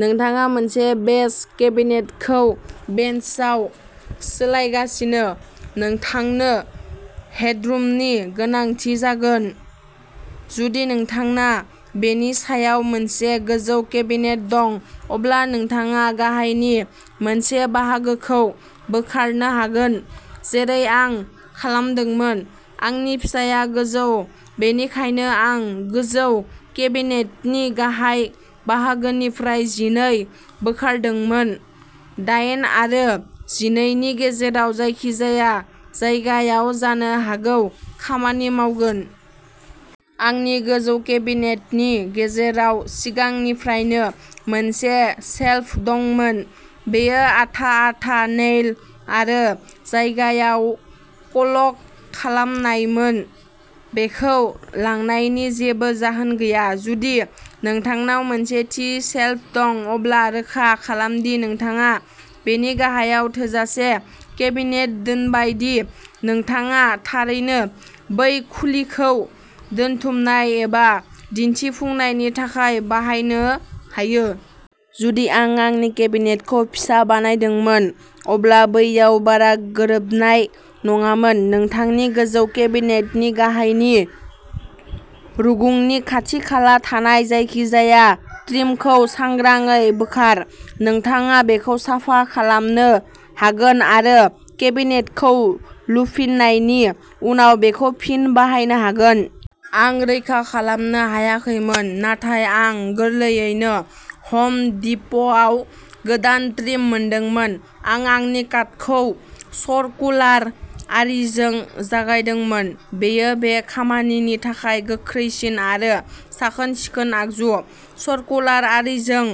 नोंथाङा मोनसे बेस केबिनेटखौ बेन्चआव सोलायगासिनो, नोंथांनो हेडरुमनि गोनांथि जागोन। जुदि नोंथाना बेनि सायाव मोनसे गोजौ केबिनेट दं, अब्ला नोंथाङा गाहायनि मोनसे बाहागोखौ बोखारनो हागोन। जेरै आं खालामदोंमोन आंनि फिसाया गोजौ। बेनिखायनो, आं गोजौ केबिनेटनि गाहाय बाहागोनिफ्राय जिनै बोखारदोंमोन दाइन आरो जिनैनि गेजेराव जायखिजाया जायगायाव जानो हागौ खामानि मावगोन। आंनि गोजौ केबिनेटनि गेजेराव सिगांनिफ्रायनो मोनसे सेल्फ दंमोन। बेयो आथा-आथा, नेइल आरो जायगायाव क'लक खालामनायमोन। बेखौ लांनायनि जेबो जाहोन गैया। जुदि नोंथांनाव मोनसे थि सेल्फ दं, अब्ला रोखा खालाम दि नोंथाङा बेनि गाहायाव थोजासे केबिनेट दोनबाय दि नोंथाङा थारैनो बै खुलिखौ दोनथुमनाय एबा दिन्थिफुंनायनि थाखाय बाहायनो हायो। जुदि आं आंनि केबिनेटखौ फिसा बानायदोंमोन, अब्ला बैयाव बारा गोरोबनाय नङामोन। नोंथांनि गोजौ केबिनेटनि गाहायनि रुगुंनि खाथि-खाला थानाय जायखिजाया ट्रिमखौ सांग्राङै बोखार। नोंथाङा बेखौ साफा खालामनो हागोन आरो केबिनेटखौ लुफिननायनि उनाव बेखौ फिन बाहायनो हागोन। आं रैखा खालामनो हायाखैमोन। नाथाय आं गोरलैयैनो हम डिप'आव गोदान ट्रिम मोनदोंमोन। आं आंनि काटखौ सरकुलार आरिजों जागायदोंमोन। बेयो बे खामानिनि थाखाय गोख्रैसिन आरो साखोन-सिखोन आगजु। सरकुलार आरिजों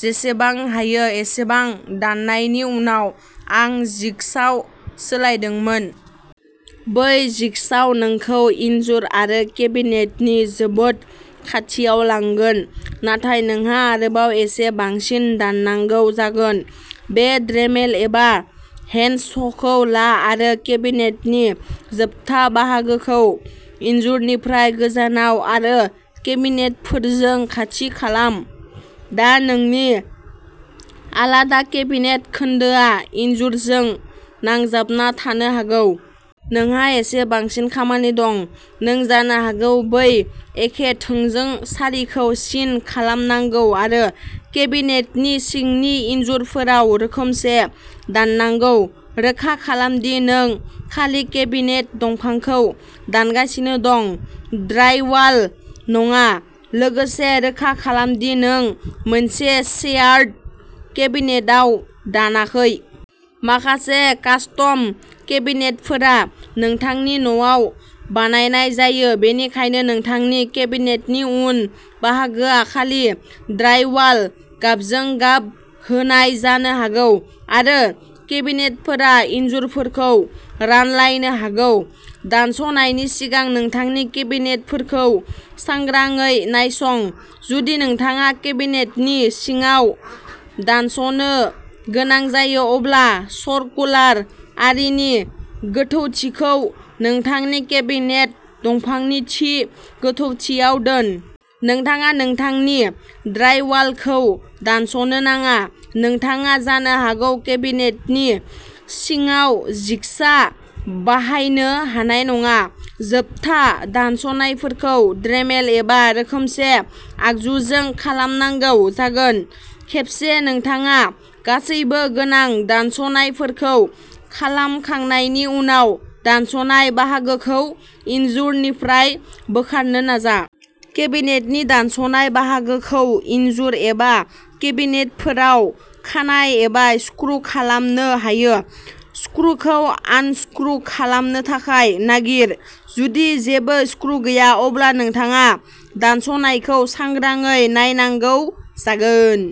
जेसेबां हायो एसेबां दाननायनि उनाव, आं जिगसाव सोलायदोंमोन। बै जिगसाव नोंखौ इनजुर आरो केबिनेटनि जोबोद खाथियाव लांगोन, नाथाय नोंहा आरोबाव एसे बांसिन दाननांगौ जागोन। बे ड्रेमेल एबा हेन्ड सखौ ला आरो केबिनेटनि जोबथा बाहागोखौ इनजुरनिफ्राय गोजानाव आरो केबिनेटफोरजों खाथि खालाम। दा, नोंनि आलादा केबिनेट खोन्दोआ इनजुरजों नांजाबना थानो हागौ। नोंहा एसे बांसिन खामानि दं। नों जानो हागौ बै एखे थोंजों सारिखौ सिन खालामनांगौ आरो केबिनेटनि सिंनि इनजुरफोराव रोखोमसे दाननांगौ। रोखा खालाम दि नों खालि केबिनेट दंफांखौ दानगासिनो दं, ड्राइवाल नङा। लोगोसे, रोखा खालाम दि नों मोनसे सेयार्ड केबिनेटआव दानाखै। माखासे कास्टम केबिनेटफोरा नोंथांनि न'आव बानायनाय जायो, बेनिखायनो नोंथांनि केबिनेटनि उन बाहागोआ खालि ड्राइवाल गाबजों गाब होनाय जानो हागौ। आरो केबिनेटफोरा इनजुरफोरखौ रानलायनो हागौ। दानस'नायनि सिगां नोंथांनि केबिनेटफोरखौ सांग्राङै नायसं। जुदि नोंथाङा केबिनेटनि सिङाव दानस'नो गोनां जायो, अब्ला सरकुलार आरिनि गोथौथिखौ नोंथांनि केबिनेट दंफांनि थि गोथौथियाव दोन। नोंथाङा नोंथांनि ड्राइवालखौ दानस'नो नाङा। नोंथाङा जानो हागौ केबिनेटनि सिङाव जिगसा बाहायनो हानाय नङा। जोबथा दानस'नायफोरखौ ड्रेमेल एबा रोखोमसे आगजुजों खालामनांगौ जागोन। खेबसे नोंथाङा गासैबो गोनां दानस'नायफोरखौ खालामखांनायनि उनाव, दानस'नाय बाहागोखौ इनजुरनिफ्राय बोखारनो नाजा। केबिनेटनि दानस'नाय बाहागोखौ इनजुर एबा केबिनेटफोराव खानाय एबा स्क्रु खालामनो हायो। स्क्रुखौ आनस्क्रु खालामनो थाखाय नागिर। जुदि जेबो स्क्रु गैया, अब्ला नोंथाङा दानस'नायखौ सांग्राङै नायनांगौ जागोन।